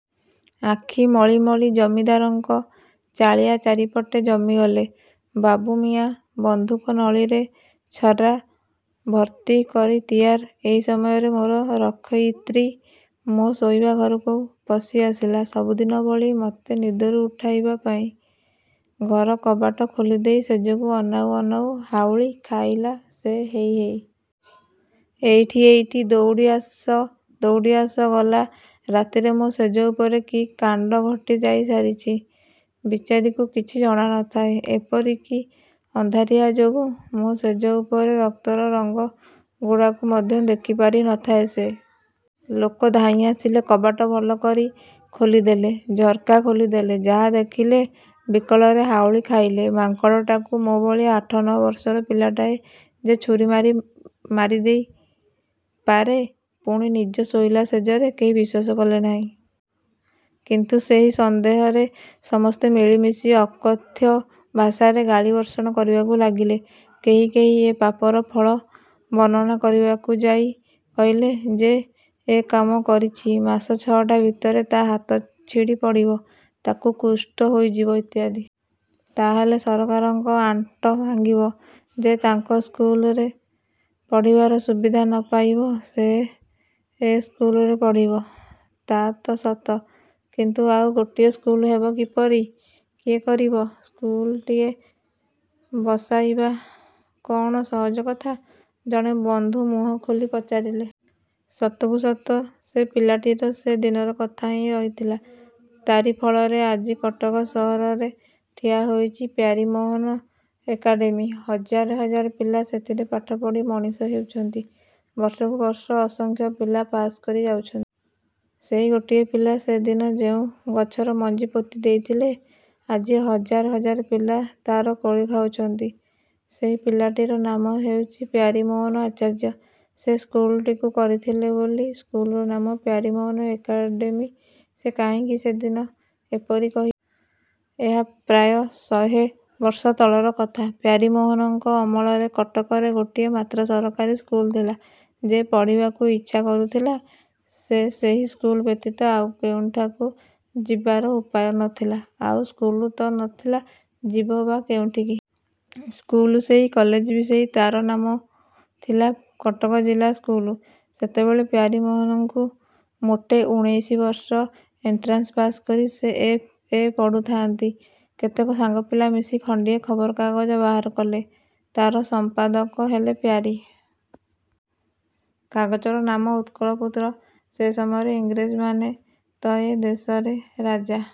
ଆଖି ମଳିମଳି ଜମିଦାରଙ୍କ ଚାଳିଆ ଚାରିପଟେ ଜମିଗଲେ। ବାବୁମିଆଁ ବନ୍ଧୁକ ନଳୀରେ ଛର୍ରା ଭର୍ତ୍ତି କରି ତିଆର୍। ଏହି ସମୟରେ ମୋର ରକ୍ଷୟିତ୍ରୀ ମୋ ଶୋଇବା ଘରକୁ ପଶି ଆସିଲା ସବୁଦିନ ଭଳି ମତେ ନିଦରୁ ଉଠେଇବା ପାଇଁ। ଘର କବାଟ ଖୋଲି ଦେଇ ଶେଯକୁ ଅନାଉ ଅନାଉ ହାଉଳି ଖାଇଲା ସେ ହେଇ ହେଇ! ଏଇଠି ଏଇଠି! ଦଉଡ଼ି ଆସ ଦଉଡ଼ି ଆସ! ଗଲା ରାତିରେ ମୋ ଶେଯ ଉପରେ କି କାଣ୍ଡ ଘଟି ଯାଇସାରିଛି ବିଚାରୀକୁ କିଛି ଜଣା ନ ଥାଏ। ଏପରିକି, ଅନ୍ଧାରିଆ ଯୋଗୁଁ ମୋ ଶେଯ ଉପରେ ରକ୍ତର ରଙ୍ଗ ଗୁଡ଼ାକୁ ମଧ୍ୟ ଦେଖିପାରି ନ ଥାଏ ସେ। ଲୋକେ ଧାଇଁ ଆସିଲେ। କବାଟ ଭଲ କରି ଖୋଲିଦେଲେ। ଝର୍କା ଖୋଲି ଦେଲେ। ଯାହାଦେଖିଲେ ବିକଳରେ ହାଉଳି ଖାଇଲେ। ମାଙ୍କଡ଼ଟାକୁ ମୋ ଭଳି ଆଠ ନ' ବର୍ଷର ପିଲାଟାଏ ଯେ ଛୁରୀ ମାରି ମାରିଦେଇ ପାରେ ପୁଣି ନିଜ ଶୋଇଲା ଶେଯରେ କେହି ବିଶ୍ୱାସ କଲେ ନାହିଁ। କିନ୍ତୁ ସେହି ସନ୍ଦେହରେ ସମସ୍ତେ ମିଳିମିଶି ଅକଥ୍ୟ ଭାଷାରେ ଗାଳିବର୍ଷଣ କରିବାକୁ ଲାଗିଲେ। କେହି କେହି ଏ ପାପର ଫଳ ବର୍ଣ୍ଣନା କରିବାକୁ ଯାଇ କହିଲେ, ଯେ ଏ କାମ କରିଛି ମାସ ଛଅଟା ଭିତରେ ତା' ହାତ ଛିଡ଼ି ପଡ଼ିବ। ତାକୁ କୁଷ୍ଠ ହୋଇଯିବ ଇତ୍ୟାଦି। ତା ହେଲେ ସରକାରଙ୍କ ଆଣ୍ଟ ଭାଙ୍ଗିବ। ଯେ ତାଙ୍କ ସ୍କୁଲରେ ପଢ଼ିବାର ସୁବିଧା ନ ପାଇବ, ସେ ଏ ସ୍କୁଲରେ ପଢ଼ିବ। " "ତା ତ ସତ; କିନ୍ତୁ ଆଉ ଗୋଟିଏ ସ୍କୁଲ ହେବ କିପରି? କିଏ କରିବ? ସ୍କୁଲଟିଏ ବସାଇବା କଅଣ ସହଜ କଥା" ଜଣେ ବନ୍ଧୁ ମୁହଁ ଖୋଲି ପଚାରିଲେ। ସତକୁ ସତ ସେ ପିଲାଟିର ସେ ଦିନର କଥା ହିଁ ରହିଥିଲା। ତାରି ଫଳରେ ଆଜି କଟକ ସହରରେ ଠିଆ ହୋଇଛି "ପ୍ୟାରୀମୋହନ ଏକାଡେମୀ" ହଜାର ହଜାର ପିଲା ସେଥିରେ ପାଠ ପଢ଼ି ମଣିଷ ହେଉଛନ୍ତି, ବର୍ଷକୁ ବର୍ଷ ଅସଂଖ୍ୟ ପିଲା ପାଶ୍ କରି ଯାଉଛନ୍ତି। ସେହି ଗୋଟିଏ ପିଲା ସେ ଦିନ ଯେଉଁ ଗଛର ମଞ୍ଜି ପୋତିଦେଇଥିଲେ, ଆଜି ହଜାର ହଜାର ପିଲା, ତାର କୋଳି ଖାଉଛନ୍ତି। ସେହି ପିଲାଟିର ନାମ ହେଉଛି ପ୍ୟାରୀମୋହନ ଆଚାର୍ଯ୍ୟ। ସେ ସ୍କୁଲଟିକୁ କରିଥିଲେ ବୋଲି ସ୍କୁଲର ନାମ 'ପ୍ୟାରୀମୋହନ ଏକାଡେମୀ'। ସେ କାହିଁକି ସେ ଦିନ ଏପରି କହି? ଏହା ପ୍ରାୟ ଶହେ ବର୍ଷ ତଳର କଥା। ପ୍ୟାରୀମୋହନଙ୍କ ଅମଳରେ କଟକରେ ଗୋଟିଏ ମାତ୍ର ସରକାରୀ ସ୍କୁଲ ଥିଲା। ଯେ ପଢ଼ିବାକୁ ଇଛା କରୁଥିଲା, ସେ ସେହି ସ୍କୁଲ ବ୍ୟତୀତ ଆଉ କେଉଁଠାକୁ ଯିବାର ଉପାୟ ନ ଥିଲା। ଆଉ ସ୍କୁଲ ତ ନ ଥିଲା; ଯିବ ବା କେଉଁଠିକି? ସ୍କୁଲ ସେହି, କଲେଜ ବି ସେହି। ତାର ନାମ ଥିଲା କଟକ ଜିଲ୍ଲା ସ୍କୁଲ। ସେତେବେଳେ ପ୍ୟାରୀମୋହନଙ୍କୁ ମୋଟେ ଊଣେଇଶି ବର୍ଷ। ଏଣ୍ଟ୍ରାନ୍ସ ପାଶ୍ କରି ସେ ଏଫ୍. ଏ ପଢ଼ୁଥାଆନ୍ତି। କେତକ ସାଙ୍ଗପିଲା ମିଶି ଖଣ୍ଡିଏ ଖବର କାଗଜ ବାହାର କଲେ। ତାର ସମ୍ପାଦକ ହେଲେ ପ୍ୟାରୀ। କାଗଜର ନାମ "ଉତ୍କଳପୁତ୍ର"। ସେ ସମୟରେ ଇଂରେଜମାନେ ତ ଏ ଦେଶରେ ରାଜା।